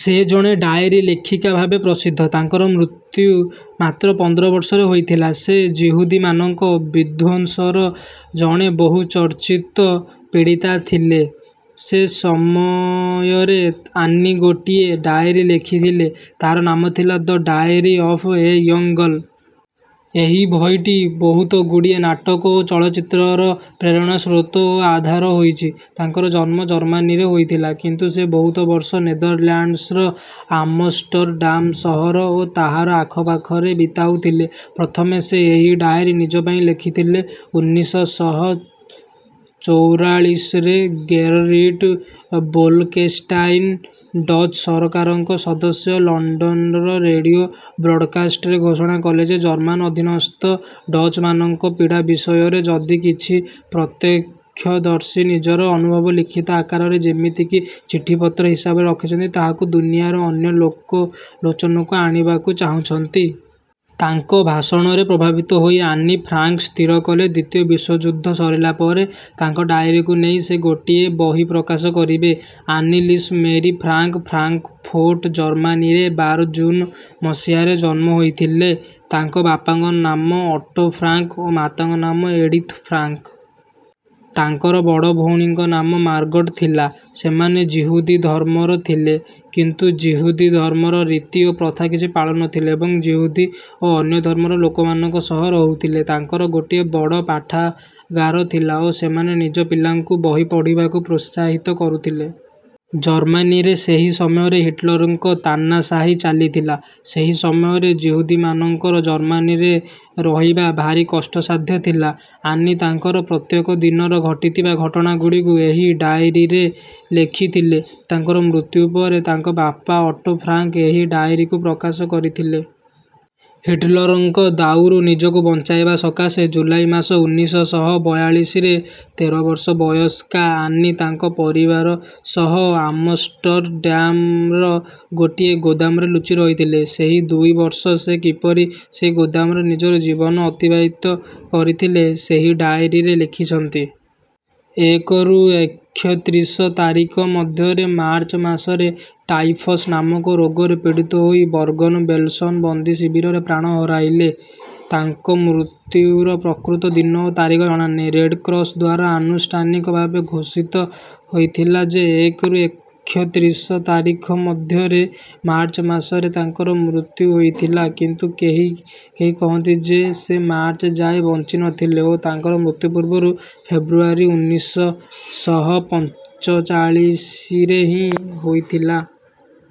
ସେ ଜଣେ ଡାଏରୀ ଲେଖିକା ଭାବେ ପ୍ରସିଦ୍ଧ। ତାଙ୍କର ମୃତ୍ୟୁ ମାତ୍ର ପନ୍ଦର ବର୍ଷରେ ହୋଇଥିଲା। ସେ ଯିହୁଦୀମାନଙ୍କ ବିଧ୍ୱଂସର ଜଣେ ବହୁ ଚର୍ଚ୍ଚିତ ପୀଡ଼ିତା ଥିଲେ। ସେ ସମୟରେ ଆନି ଗୋଟିଏ ଡାଏରୀ ଲେଖିଥିଲେ ତାହାର ନାମ ଥିଲା the diary of a young girl. ଏହି ବହିଟି ବହୁତଗୁଡ଼ିଏ ନାଟକ ଓ ଚଳଚ୍ଚିତ୍ରର ପ୍ରେରଣାସ୍ରୋତ ଓ ଆଧାର ହୋଇଛି। ତାଙ୍କର ଜନ୍ମ ଜର୍ମାନୀରେ ହୋଇଥିଲା କିନ୍ତୁ ସେ ବହୁତ ବର୍ଷ ନେଦରଲ୍ୟାଣ୍ଡସର ଆମଷ୍ଟରଡାମ ସହର ଓ ତାହାର ଆଖପାଖରେ ବିତାଉଥିଲେ। ପ୍ରଥମେ ସେ ଏହି ଡାଏରୀ ନିଜ ପାଇଁ ଲେଖିଥିଲେ। ଉନ୍ନିଶ ଶହ ଚୌରାଳିଶରେ ଗେରରିଟ ବୋଲକେଷ୍ଟାଇନ ଡଚ ସରକାରଙ୍କ ସଦସ୍ୟ ଲଣ୍ଡନର ରେଡିଓ ବ୍ରଡକାଷ୍ଟରେ ଘୋଷଣା କଲେ ଯେ ଜର୍ମାନ ଅଧୀନସ୍ଥ ଡଚମାନଙ୍କ ପୀଡ଼ା ବିଷୟରେ ଯଦି କିଛି ପ୍ରତ୍ୟକ୍ଷଦର୍ଶୀ ନିଜର ଅନୁଭବ ଲିଖିତ ଆକାରରେ ଯେମିତି କି ଚିଠିପତ୍ର ହିସାବରେ ରଖିଛନ୍ତି ତାହାକୁ ଦୁନିଆର ଅନ୍ୟ ଲୋକଲୋଚନକୁ ଆଣିବାକୁ ଚାହୁଁଛନ୍ତି। ତାଙ୍କ ଭାଷଣରେ ପ୍ରଭାବିତ ହୋଇ ଆନି ଫ୍ରାଙ୍କ ସ୍ଥିର କଲେ ଦ୍ୱିତୀୟ ବିଶ୍ୱଯୁଦ୍ଧ ସରିଲା ପରେ ତାଙ୍କ ଡାଏରୀକୁ ନେଇ ସେ ଗୋଟିଏ ବହି ପ୍ରକାଶ କରିବେ। ଆନିଲିସ ମେରୀ ଫ୍ରାଙ୍କ ଫ୍ରାଙ୍କଫର୍ଟ ଜର୍ମାନୀରେ ବାର ଜୁନ ମସିହାରେ ଜନ୍ମ ହୋଇଥିଲେ। ତାଙ୍କ ବାପାଙ୍କ ନାମ ଓଟୋ ଫ୍ରାଙ୍କ ଓ ମାତାଙ୍କ ନାମ ଏଡିଥ ଫ୍ରାଙ୍କ। ତାଙ୍କର ବଡ଼ ଭଉଣୀଙ୍କ ନାମ ମାର୍ଗଟ ଥିଲା। ସେମାନେ ଯିହୁଦୀ ଧର୍ମର ଥିଲେ କିନ୍ତୁ ଯିହୁଦୀ ଧର୍ମର ରୀତି ଓ ପ୍ରଥା କିଛି ପାଳୁ ନଥିଲେ ଏବଂ ଯିହୁଦୀ ଓ ଅନ୍ୟ ଧର୍ମର ଲୋକମାନଙ୍କ ସହ ରହୁଥିଲେ। ତାଙ୍କର ଗୋଟିଏ ବଡ଼ ପାଠାଗାର ଥିଲା ଓ ସେମାନେ ନିଜ ପିଲାଙ୍କୁ ବହି ପଢ଼ିବାକୁ ପ୍ରୋତ୍ସାହିତ କରୁଥିଲେ। ଜର୍ମାନୀରେ ସେହି ସମୟରେ ହିଟଲରଙ୍କ ତାନ୍ନାଶାହୀ ଚାଲିଥିଲା। ସେହି ସମୟରେ ଯିହୁଦୀମାନଙ୍କର ଜର୍ମାନୀରେ ରହିବା ଭାରି କଷ୍ଟସାଧ୍ୟ ଥିଲା। ଆନି ତାଙ୍କର ପ୍ରତ୍ୟେକ ଦିନର ଘଟିଥିବା ଘଟଣାଗୁଡ଼ିକୁ ଏହି ଡାଏରୀରେ ଲେଖିଥିଲେ। ତାଙ୍କର ମୃତ୍ୟୁ ପରେ ତାଙ୍କ ବାପା ଓଟୋ ଫ୍ରାଙ୍କ ଏହି ଡାଏରୀକୁ ପ୍ରକାଶ କରିଥିଲେ। ହିଟଲରଙ୍କ ଦାଉରୁ ନିଜକୁ ବଞ୍ଚାଇବା ସକାଶେ ଜୁଲାଇ ମାସ ଉନ୍ନିଶ ଶହ ବୟାଳିଶରେ ତେର ବର୍ଷ ବୟସ୍କା ଆନି ତାଙ୍କ ପରିବାର ସହ ଆମଷ୍ଟରଡାମର ଗୋଟିଏ ଗୋଦାମରେ ଲୁଚି ରହିଥିଲେ। ସେହି ଦୁଇ ବର୍ଷ ସେ କିପରି ସେହି ଗୋଦାମରେ ନିଜର ଜୀବନ ଅତିବାହିତ କରିଥିଲେ ସେହି ଡାଏରୀରେ ଲେଖିଛନ୍ତି। ଏକରୁ ଏକ୍ଷତ୍ରିଶ ତାରିଖ ମଧ୍ୟରେ ମାର୍ଚ୍ଚ ମାସରେ ଟାଇଫସ ନାମକ ରୋଗରେ ପୀଡ଼ିତ ହୋଇ ବର୍ଗନ ବେଲସନ ବନ୍ଦୀ ଶିବିରରେ ପ୍ରାଣ ହରାଇଲେ। ତାଙ୍କ ମୃତ୍ୟୁର ପ୍ରକୃତ ଦିନ ଓ ତାରିଖ ଜଣାନାହିଁ। ରେଡକ୍ରସ ଦ୍ୱାରା ଆନୁଷ୍ଠାନିକ ଭାବେ ଘୋଷିତ ହୋଇଥିଲା ଯେ ଏକରୁ ଏକ୍ଷତ୍ରିଶ ତାରିଖ ମଧ୍ୟରେ ମାର୍ଚ୍ଚ ମାସରେ ତାଙ୍କର ମୃତ୍ୟୁ ହୋଇଥିଲା କିନ୍ତୁ କେହି କେହି କହନ୍ତି ଯେ ସେ ମାର୍ଚ୍ଚ ଯାଏଁ ବଞ୍ଚି ନଥିଲେ ଓ ତାଙ୍କର ମୃତ୍ୟୁ ପୂର୍ବରୁ ଫେବୃଆରୀ ଉନ୍ନିଶ ଶହ ପଞ୍ଚଚାଳିଶରେ ହିଁ ହୋଇଥିଲା।